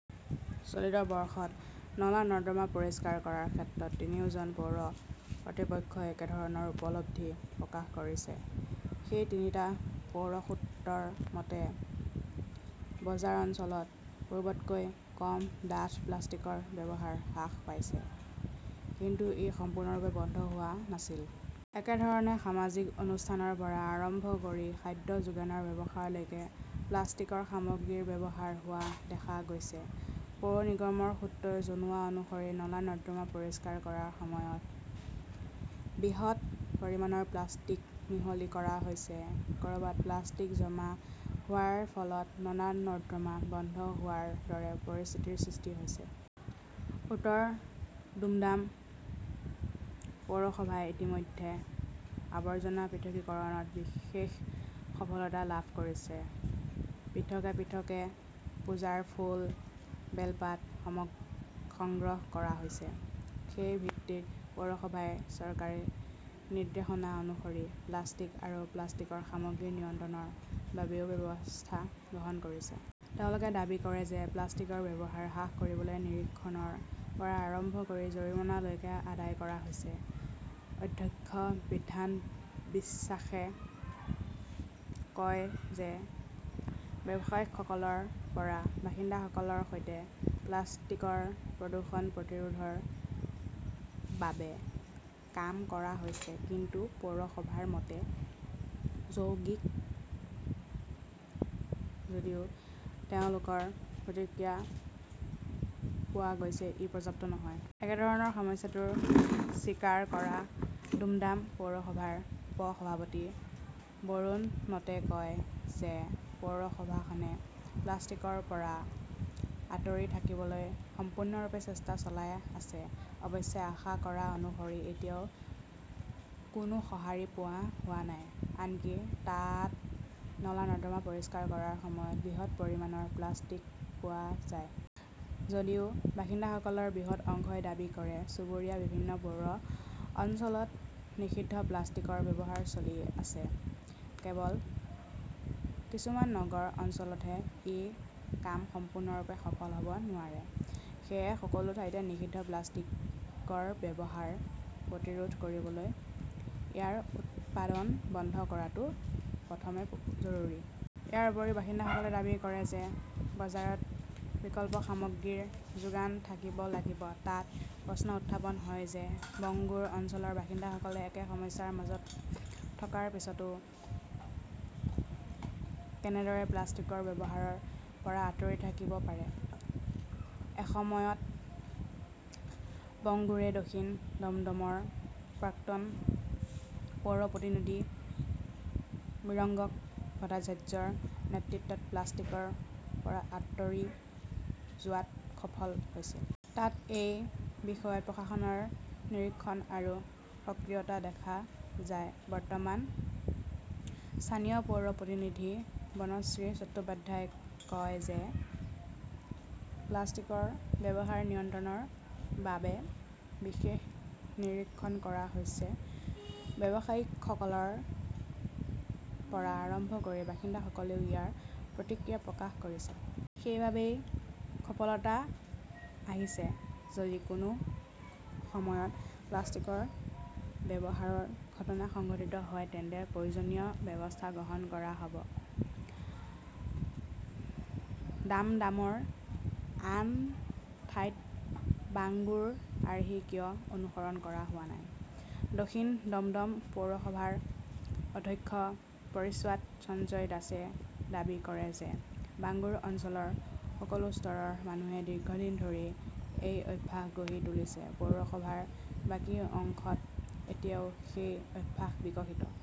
চলিত বৰ্ষত নলা-নৰ্দমা পৰিষ্কাৰ কৰাৰ ক্ষেত্ৰত তিনিওজন পৌৰ কৰ্তৃপক্ষই একেধৰণৰ উপলব্ধি প্ৰকাশ কৰিছে। সেই তিনিটা পৌৰ সূত্ৰৰ মতে, বজাৰ অঞ্চলত পূৰ্বতকৈ কম ডাঠ প্লাষ্টিকৰ ব্যৱহাৰ হ্ৰাস পাইছে। কিন্তু ই সম্পূৰ্ণৰূপে বন্ধ হোৱা নাছিল। একে ধৰণে সামাজিক অনুষ্ঠানৰ পৰা আৰম্ভ কৰি খাদ্য যোগানৰ ব্যৱসায়লৈকে প্লাষ্টিকৰ সামগ্ৰীৰ ব্যৱহাৰ হোৱা দেখা গৈছে। পৌৰ নিগমৰ সূত্ৰই জনোৱা অনুসৰি নলা-নৰ্দমা পৰিষ্কাৰ কৰাৰ সময়ত বৃহৎ পৰিমাণৰ প্লাষ্টিক মিহলি কৰা হৈছে। ক'ৰবাত প্লাষ্টিক জমা হোৱাৰ ফলত নলা-নৰ্দমা বন্ধ হোৱাৰ দৰে পৰিস্থিতিৰ সৃষ্টি হৈছে। উত্তৰ দুমডাম পৌৰসভাই ইতিমধ্যে আৱৰ্জনা পৃথকীকৰণত বিশেষ সফলতা লাভ কৰিছে। পৃথকে পৃথকে পূজাৰ ফুল, বেলপাত সংগ্ৰহ কৰা হৈছে। সেই ভিত্তিত পৌৰসভাই চৰকাৰী নিৰ্দেশনা অনুসৰি প্লাষ্টিক আৰু প্লাষ্টিকৰ সামগ্ৰী নিয়ন্ত্ৰণৰ বাবেও ব্যৱস্থা গ্ৰহণ কৰিছে। তেওঁলোকে দাবী কৰে যে প্লাষ্টিকৰ ব্যৱহাৰ হ্ৰাস কৰিবলৈ নিৰীক্ষণৰ পৰা আৰম্ভ কৰি জৰিমনালৈকে আদায় কৰা হৈছে। অধ্যক্ষ বিধান বিশ্বাসে কয় যে ব্যৱসায়ীসকলৰ পৰা বাসিন্দাসকলৰ সৈতে প্লাষ্টিকৰ প্ৰদূষণ প্ৰতিৰোধৰ বাবে কাম কৰা হৈছে। কিন্তু পৌৰসভাৰ মতে, যদিও তেওঁলোকৰ প্ৰতিক্ৰিয়া পোৱা গৈছে, ই পৰ্যাপ্ত নহয়। একেধৰণে সমস্যাটো স্বীকাৰ কৰি দুমডাম পৌৰসভাৰ উপ-সভাপতি বৰুণ নটে কয় যে পৌৰসভাখনে প্লাষ্টিকৰ পৰা আঁতৰি থাকিবলৈ সম্পূৰ্ণৰূপে চেষ্টা চলাই আছে। অৱশ্যে, আশা কৰা অনুসৰি এতিয়াও কোনো সঁহাৰি পোৱা হোৱা নাই। আনকি তাত নলা-নৰ্দমা পৰিষ্কাৰ কৰাৰ সময়ত বৃহৎ পৰিমাণৰ প্লাষ্টিক পোৱা যায়। যদিও বাসিন্দাসকলৰ বৃহৎ অংশই দাবী কৰে, চুবুৰীয়া বিভিন্ন পৌৰ অঞ্চলত নিষিদ্ধ প্লাষ্টিকৰ ব্যৱহাৰ চলি আছে। কেৱল কিছুমান নগৰ অঞ্চলতহে এই কাম সম্পূৰ্ণৰূপে সফল হ'ব নোৱাৰে। সেয়েহে সকলো ঠাইতে নিষিদ্ধ প্লাষ্টিকৰ ব্যৱহাৰ প্ৰতিৰোধ কৰিবলৈ ইয়াৰ উৎপাদন বন্ধ কৰাটো প্ৰথমে জৰুৰী। ইয়াৰ উপৰিও, বাসিন্দাসকলে দাবী কৰে যে বজাৰত বিকল্প সামগ্ৰীৰ যোগান থাকিব লাগিব। তাত প্ৰশ্ন উত্থাপন হয় যে বংগুৰ অঞ্চলৰ বাসিন্দাসকলে একে সমস্যাৰ মাজত থকাৰ পিছতো কেনেদৰে প্লাষ্টিকৰ ব্যৱহাৰৰ পৰা আঁতৰি থাকিব পাৰে? এসময়ত, বংগুৰে দক্ষিণ দমদমৰ প্ৰাক্তন পৌৰ প্ৰতিনিধি মিৰগংক ভট্টাচাৰ্যৰ নেতৃত্বত প্লাষ্টিকৰ পৰা আঁতৰি যোৱাত সফল হৈছিল। তাত এই বিষয়ত প্ৰশাসনৰ নিৰীক্ষণ আৰু সক্ৰিয়তা দেখা যায়। বৰ্তমান স্থানীয় পৌৰ প্ৰতিনিধি বনশ্ৰী চট্টোপাধ্যায়ই কয় যে প্লাষ্টিকৰ ব্যৱহাৰ নিয়ন্ত্ৰণৰ বাবে বিশেষ নিৰীক্ষণ কৰা হৈছে। ব্যৱসায়ীসকলৰ পৰা আৰম্ভ কৰি বাসিন্দাসকলেও ইয়াৰ প্ৰতিক্ৰিয়া প্ৰকাশ কৰিছে। সেইবাবেই সফলতা আহিছে। যদি কোনো সময়ত প্লাষ্টিকৰ ব্যৱহাৰৰ ঘটনা সংঘটিত হয় তেন্তে প্ৰয়োজনীয় ব্যৱস্থা গ্ৰহণ কৰা হয়। ডামডামৰ আন ঠাইত বাংগুৰ আৰ্হি কিয় অনুসৰণ কৰা হোৱা নাই? দক্ষিণ দমদম পৌৰসভাৰ অধ্যক্ষ পৰিশ্বাদ সঞ্জয় দাসে দাবী কৰে যে বাংগুৰ অঞ্চলৰ সকলো স্তৰৰ মানুহে দীৰ্ঘদিন ধৰি এই অভ্যাস গঢ়ি তুলিছে। পৌৰসভাৰ বাকী অংশত এতিয়াও সেই অভ্যাস বিকশিত।